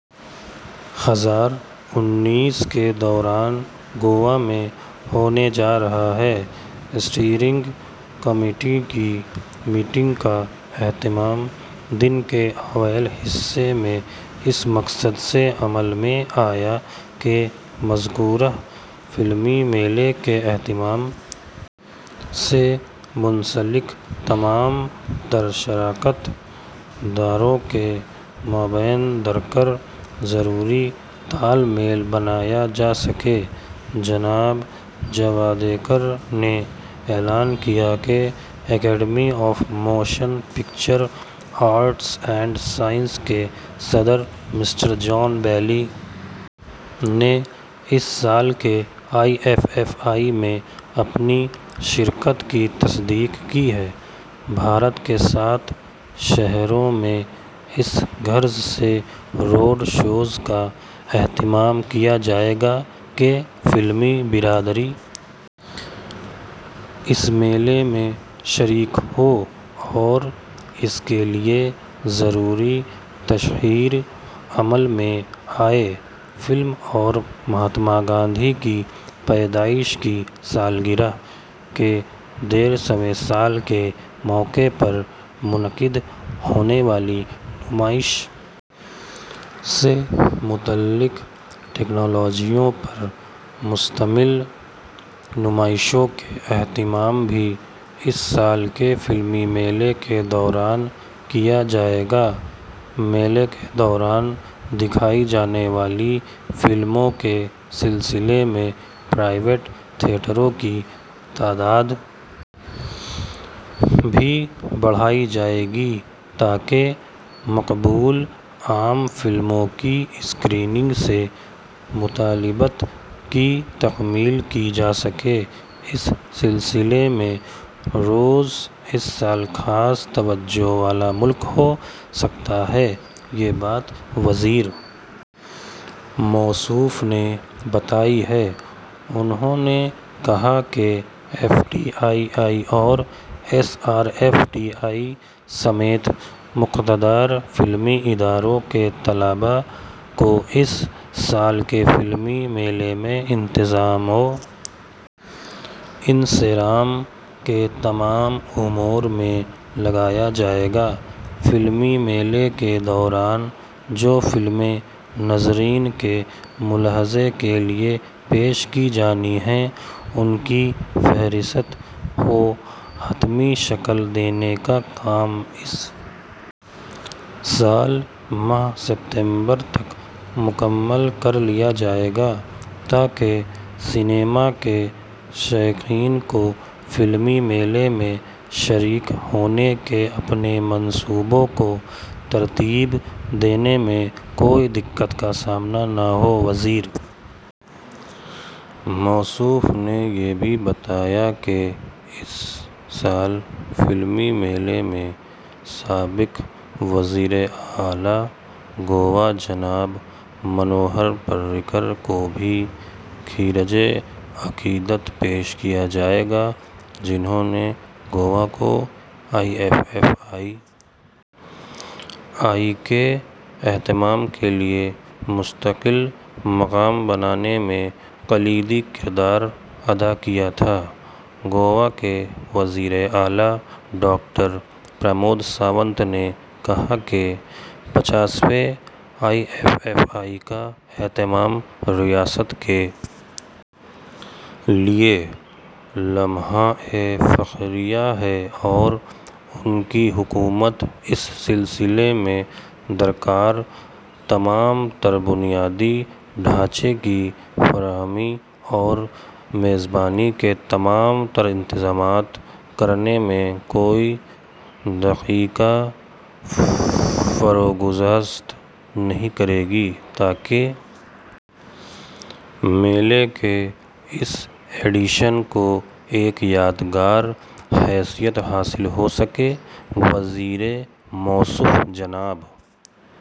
ہزار انیس کے دوران گوا میں ہونے جا رہا ہے اسٹیئرنگ کمیٹی کی میٹنگ کا اہتمام دن کے اوائل حصے میں اس مقصد سے عمل میں آیا کہ مذکورہ فلمی میلے کے اہتمام سے منسلک تمام تر شراکت داروں کے مابین درکار ضروری تال میل بنایا جا سکے جناب جاوڈیکر نے اعلان کیا کہ academy of motion picture arts and sciences کے صدر مسٹر جان بیلی نے اس سال کے آئی ایف ایف آئی میں اپنی شرکت کی تصدیق کی ہے بھارت کے سات شہروں میں اس غرض سے روڈ شوز کا اہتمام کیا جائے گا کہ فلمی برادری اس میلے میں شریک ہو اور اس کے لیے ضروری تشہیر عمل میں آئے فلم اور مہاتما گاندھی کی پیدائش کی سالگرہ کے ڈیڑھ سوویں سال کے موقع پر منعقد ہونے والی نمائش سے متعلق تکنالوجیوں پر مشتمل نمائشوں کا اہتمام بھی اس سال کے فلمی میلے کے دوران کیا جائے گا میلے کے دوران دکھائی جانے والی فلموں کے سلسلے میں پرائیویٹ تھیئٹروں کی تعداد بھی بڑھائی جائے گی تاکہ مقبول عام فلموں کی اسکریننگ سے مطالبات کی تکمیل کی جا سکے اس سلسلے میں روس اس سال خاص توجہ والا ملک ہو سکتا ہے یہ بات وزیر موصوف نے بتائی ہے انہوں نے کہا کہ ایف ٹی آئی آئی اور S R F T I سمیت مقتدر فلمی اداروں کے طلبا کو اس سال کے فلمی میلے میں انتظام و انصرام کے تمام امور میں لگایا جائے گا فلمی میلے کے دوران جو فلمیں ناظرین کے ملاحظے کے لیے پیش کی جانی ہیں ان کی فہرست کو حتمی شکل دینے کا کام اس سال ماہ ستمبر تک مکمل کر لیا جائے گا تاکہ سنیما کے شائقین کو فلمی میلے میں شریک ہونے کے اپنے منصوبوں کو ترتیب دینے میں کوئی دقت کا سامنا نہ ہو وزیر موصوف نے یہ بھی بتایا کہ اس سال فلمی میلے میں سابق وزیر اعلی گوا جناب منوہر پاریکر کو بھی خراج عقیدت پیش کیا جائے گا جنہوں نے گوا کو آئی ایف ایف آئی کے اہتمام کے لیے مستقل مقام بنانے میں کلیدی کردار ادا کیا تھا گوا کے وزیر اعلی ڈاکٹر پرمود ساونت نے کہا کہ پچاسویں آئی ایف ایف آئی کا اہتمام ریاست کے لیے لمحہ فخریہ ہے اور ان کی حکومت اس سلسلے میں درکار تمام تر بنیادی ڈھانچے کی فراہمی اور میزبانی کے تمام تر انتظامات کرنے میں کوئی دقیقہ فروگزاشت نہیں کرے گی تاکہ میلے کے اس ایڈیشن کو ایک یادگار حیثیت حاصل ہو سکے وزیر موصوف جناب